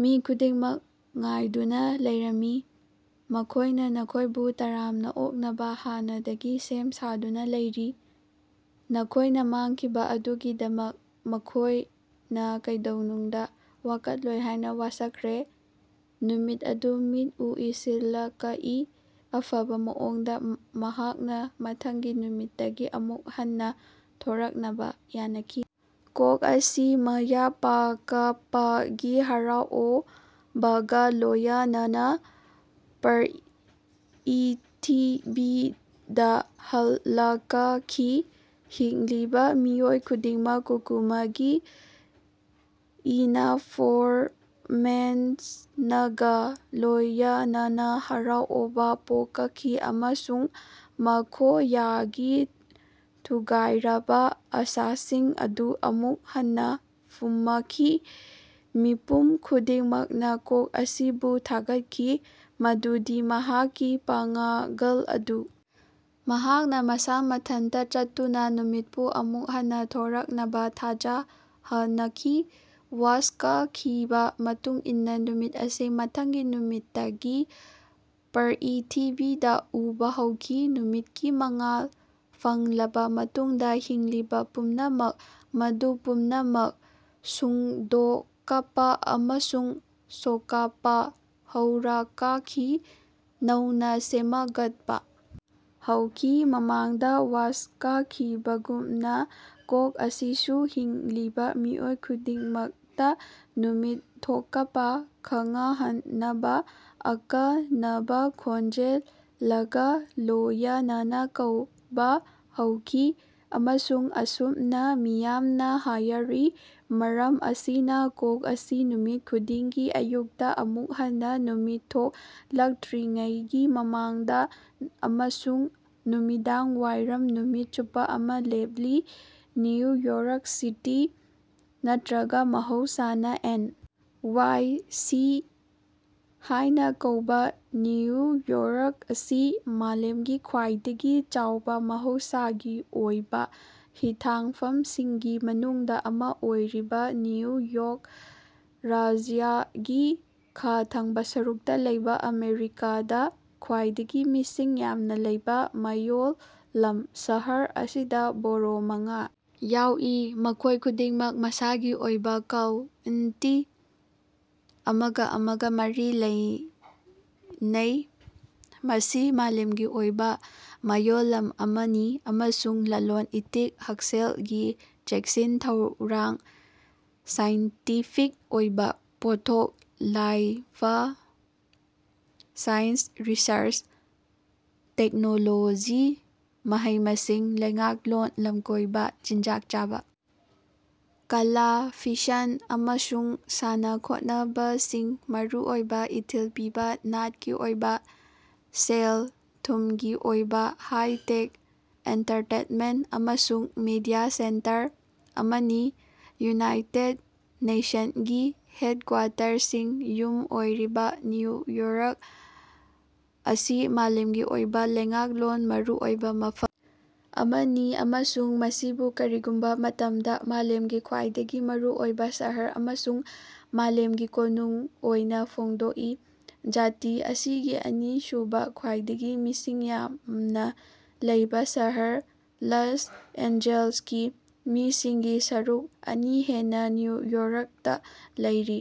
ꯃꯤ ꯈꯨꯗꯤꯡꯃꯛ ꯉꯥꯏꯗꯨꯅꯥ ꯂꯩꯔꯝꯃꯤ꯫ ꯃꯈꯣꯏꯅꯥ ꯅꯈꯣꯏꯕꯨ ꯇꯔꯥꯝꯅꯥ ꯑꯣꯛꯅꯕꯥ ꯍꯥꯟꯅꯗꯒꯤ ꯁꯦꯝ ꯁꯥꯗꯨꯅꯥ ꯂꯩꯔꯤ꯫ ꯅꯈꯣꯏꯅꯥ ꯃꯥꯡꯈꯤꯕꯥ ꯑꯗꯨꯒꯤꯗꯃꯛ ꯃꯈꯣꯏꯅꯥ ꯀꯩꯗꯧꯅꯨꯡꯗꯥ ꯋꯥꯀꯠꯂꯣꯏ ꯍꯥꯏꯅꯥ ꯋꯥꯁꯛꯈ꯭ꯔꯦ꯫ ꯅꯨꯃꯤꯠ ꯑꯗꯨ ꯃꯤꯠ ꯎꯏꯁꯤꯜꯂꯀꯏ꯫ ꯑꯐꯕꯥ ꯃꯑꯣꯡꯗꯥ ꯃꯍꯥꯛꯅꯥ ꯃꯊꯪꯒꯤ ꯅꯨꯃꯤꯠꯇꯒꯤ ꯑꯃꯨꯛ ꯍꯟꯅꯥ ꯊꯣꯔꯛꯅꯕꯥ ꯌꯥꯅꯈꯤ꯫ ꯀꯣꯛ ꯑꯁꯤ ꯃꯥꯌ ꯄꯥꯀꯄꯒꯤ ꯍꯔꯥꯑꯣꯕꯒꯥ ꯂꯣꯌꯅꯅꯥ ꯄ꯭ꯔ꯭ꯏꯊꯤꯕꯤꯗꯥ ꯍꯜꯂꯀꯈꯤ꯫ ꯍꯤꯡꯂꯤꯕꯥ ꯃꯤꯑꯣꯏ ꯈꯨꯗꯤꯡꯃꯛ ꯀꯨꯀꯨꯃꯒꯤ ꯏꯅꯐꯣꯔꯃꯦꯁꯅꯒꯥ ꯂꯣꯌꯅꯅꯥ ꯍꯔꯥꯑꯣꯕꯥ ꯄꯣꯀꯈꯤ ꯑꯃꯁꯨꯡ ꯃꯈꯣꯌꯒꯤ ꯊꯨꯒꯥꯏꯔꯕꯥ ꯑꯥꯁꯥꯁꯤꯡ ꯑꯗꯨ ꯑꯃꯨꯛ ꯍꯟꯅꯥ ꯐꯨꯃꯈꯤ꯫ ꯃꯤꯄꯨꯝ ꯈꯨꯗꯤꯡꯃꯛꯅꯥ ꯀꯣꯛ ꯑꯁꯤꯕꯨ ꯊꯥꯒꯠꯈꯤ ꯃꯗꯨꯗꯤ ꯃꯍꯥꯛꯀꯤ ꯄꯥꯉ꯭ꯒꯜ ꯑꯗꯨ ꯃꯍꯥꯛꯅꯥ ꯃꯁꯥ ꯃꯊꯟꯇꯥ ꯆꯠꯇꯨꯅꯥ ꯅꯨꯃꯤꯠꯄꯨ ꯑꯃꯨꯛ ꯍꯟꯅꯥ ꯊꯣꯔꯛꯅꯕꯥ ꯊꯥꯖꯍꯅꯈꯤ꯫ ꯋꯥꯁꯀꯈꯤꯕꯥ ꯃꯇꯨꯡ ꯏꯟꯅꯥ ꯅꯨꯃꯤꯠ ꯑꯁꯤ ꯃꯊꯪꯒꯤ ꯅꯨꯃꯤꯠꯇꯒꯤ ꯄ꯭ꯔ꯭ꯏꯊꯤꯕꯤꯗꯥ ꯎꯕꯥ ꯍꯧꯈꯤ꯫ ꯅꯨꯃꯤꯠꯀꯤ ꯃꯉꯥꯜ ꯐꯪꯂꯕꯥ ꯃꯇꯨꯡꯗꯥ ꯍꯤꯡꯂꯤꯕꯥ ꯄꯨꯝꯅꯃꯛ, ꯃꯗꯨ ꯄꯨꯝꯅꯃꯛ ꯁꯨꯡꯗꯣꯀꯄꯥ ꯑꯃꯁꯨꯡ ꯁꯣꯀꯄꯥ ꯍꯧꯔꯀꯈꯤ, ꯅꯧꯅꯥ ꯁꯦꯃꯒꯠꯄꯥ ꯍꯧꯈꯤ꯫ ꯃꯃꯥꯡꯗꯥ ꯋꯥꯁꯀꯈꯤꯕꯒꯨꯝꯅꯥ, ꯀꯣꯛ ꯑꯁꯤꯁꯨ ꯍꯤꯡꯂꯤꯕꯥ ꯃꯤꯑꯣꯏ ꯈꯨꯗꯤꯡꯃꯛꯇꯥ ꯅꯨꯃꯤꯠ ꯊꯣꯀꯄꯥ ꯈꯉꯍꯟꯅꯕꯥ ꯑꯀꯅꯕꯥ ꯈꯣꯟꯖꯦꯂꯒꯥ ꯂꯣꯌꯅꯅꯥ ꯀꯧꯕꯥ ꯍꯧꯈꯤ꯫ ꯑꯃꯁꯨꯡ ꯑꯁꯨꯝꯅꯥ ꯃꯤꯌꯥꯝꯅꯥ ꯍꯥꯌꯔꯤ, ꯃꯔꯝ ꯑꯁꯤꯅꯥ ꯀꯣꯛ ꯑꯁꯤ ꯅꯨꯃꯤꯠ ꯈꯨꯗꯤꯡꯒꯤ ꯑꯌꯨꯛꯇꯥ ꯑꯃꯨꯛ ꯍꯟꯅꯥ ꯅꯨꯃꯤꯠ ꯊꯣꯛꯂꯛꯇ꯭ꯔꯤꯉꯩꯒꯤ ꯃꯃꯥꯡꯗꯥ ꯑꯃꯁꯨꯡ ꯅꯨꯃꯤꯗꯥꯡꯋꯥꯏꯔꯝ ꯅꯨꯃꯤꯠ ꯆꯨꯞꯄꯥ ꯑꯃꯥ ꯂꯦꯞꯂꯤ꯫ ꯅꯌꯨ ꯌꯣꯔꯛ ꯁꯤꯇꯤ ꯅꯠꯇ꯭ꯔꯒ ꯃꯍꯧꯁꯥꯅ ꯑꯦꯟ. ꯋꯥꯏ. ꯁꯤ. ꯍꯥꯏꯅ ꯀꯧꯕ ꯅ꯭ꯌꯨ ꯌꯣꯔꯛ ꯑꯁꯤ ꯃꯥꯂꯦꯝꯒꯤ ꯈ꯭ꯋꯥꯏꯗꯒꯤ ꯆꯥꯎꯕ ꯃꯍꯧꯁꯥꯒꯤ ꯑꯣꯏꯕ ꯍꯤꯊꯥꯡꯐꯝꯁꯤꯡꯒꯤ ꯃꯅꯨꯡꯗ ꯑꯃ ꯑꯣꯏꯔꯤꯕ ꯅ꯭ꯌꯨ ꯌꯣꯛ ꯔꯥꯖ꯭ꯌꯒꯤ ꯈꯥ ꯊꯪꯕ ꯁꯔꯨꯛꯇ ꯂꯩꯕ ꯑꯃꯦꯔꯤꯀꯥꯗ ꯈ꯭ꯋꯥꯏꯗꯒꯤ ꯃꯤꯁꯤꯡ ꯌꯥꯝꯅ ꯂꯩꯕ ꯃꯌꯣꯜꯂꯝ꯫ ꯁꯍꯔ ꯑꯁꯤꯗ ꯕꯣꯔꯣ ꯃꯉꯥ ꯌꯥꯎꯏ, ꯃꯈꯣꯏ ꯈꯨꯗꯤꯡꯃꯛ ꯃꯁꯥꯒꯤ ꯑꯣꯏꯕ ꯀꯥꯎꯟꯇꯤ ꯑꯃꯒ ꯑꯃꯒ ꯃꯔꯤ ꯂꯩꯅꯩ꯫ ꯃꯁꯤ ꯃꯥꯂꯦꯝꯒꯤ ꯑꯣꯏꯕ ꯃꯌꯣꯜꯂꯝ ꯑꯃꯅꯤ ꯑꯃꯁꯨꯡ ꯂꯂꯣꯟ ꯏꯇꯤꯛ ꯍꯛꯁꯦꯜꯒꯤ ꯆꯦꯛꯁꯤꯟ ꯊꯧꯔꯥꯡ, ꯁꯥꯏꯟꯇꯤꯐꯤꯛ ꯑꯣꯏꯕ ꯄꯣꯠꯊꯣꯛ ꯂꯥꯏꯐ ꯁꯥꯏꯟꯁ ꯔꯤꯁ꯭ꯔꯆ ꯇꯦꯛꯅꯣꯂꯣꯖꯤ ꯃꯍꯩ ꯃꯁꯤꯡ ꯂꯩꯉꯥꯛꯂꯣꯟ ꯂꯝꯀꯣꯏꯕ ꯆꯤꯟꯖꯥꯛ ꯆꯥꯕ ꯀꯂꯥ ꯐꯤꯁꯟ ꯑꯃꯁꯨꯡ ꯁꯥꯟꯅ ꯈꯣꯠꯅꯕꯁꯤꯡ ꯃꯔꯨꯑꯣꯏꯕ ꯏꯊꯤꯜ ꯄꯤꯕ ꯅꯥꯠꯀꯤ ꯑꯣꯏꯕ ꯁꯦꯜ ꯊꯨꯝꯒꯤ ꯑꯣꯏꯕ ꯍꯥꯏ ꯇꯦꯛ ꯑꯦꯟꯇꯔꯇꯦꯟꯃꯦꯟꯠ ꯑꯃꯁꯨꯡ ꯃꯤꯗꯤꯌꯥ ꯁꯦꯟꯇꯔ ꯑꯃꯅꯤ꯫ ꯌꯨꯅꯥꯏꯇꯦꯗ ꯅꯦꯁꯟꯒꯤ ꯍꯦꯗꯀ꯭ꯋꯥꯇꯔꯁꯤꯡ ꯌꯨꯝ ꯑꯣꯏꯔꯤꯕ ꯅ꯭ꯌꯨ ꯌꯣꯔꯛ ꯑꯁꯤ ꯃꯥꯂꯦꯝꯒꯤ ꯑꯣꯏꯕ ꯂꯩꯉꯥꯛꯂꯣꯟ ꯃꯔꯨꯑꯣꯏꯕ ꯃꯐꯝ ꯑꯃꯅꯤ ꯑꯃꯁꯨꯡ ꯃꯁꯤꯕꯨ ꯀꯔꯤꯒꯨꯝꯕ ꯃꯇꯝꯗ ꯃꯥꯂꯦꯝꯒꯤ ꯈ꯭ꯋꯥꯏꯗꯒꯤ ꯃꯔꯨꯑꯣꯏꯕ ꯁꯍꯔ ꯑꯃꯁꯨꯡ ꯃꯥꯂꯦꯝꯒꯤ ꯀꯣꯅꯨꯡ ꯑꯣꯏꯅ ꯐꯣꯡꯗꯣꯛꯏ꯫ ꯖꯥꯇꯤ ꯑꯁꯤꯒꯤ ꯑꯅꯤꯁꯨꯕꯥ ꯈ꯭ꯋꯥꯏꯗꯒꯤ ꯃꯤꯁꯤꯡ ꯌꯥꯝꯅꯥ ꯂꯩꯕꯥ ꯁꯍꯔ ꯂꯁ ꯑꯦꯟꯖꯦꯜꯁꯀꯤ ꯃꯤꯁꯤꯡꯒꯤ ꯁꯔꯨꯛ ꯑꯅꯤ ꯍꯦꯟꯅꯥ ꯅ꯭ꯌꯨ ꯌꯣꯔꯛꯇꯥ ꯂꯩꯔꯤ꯫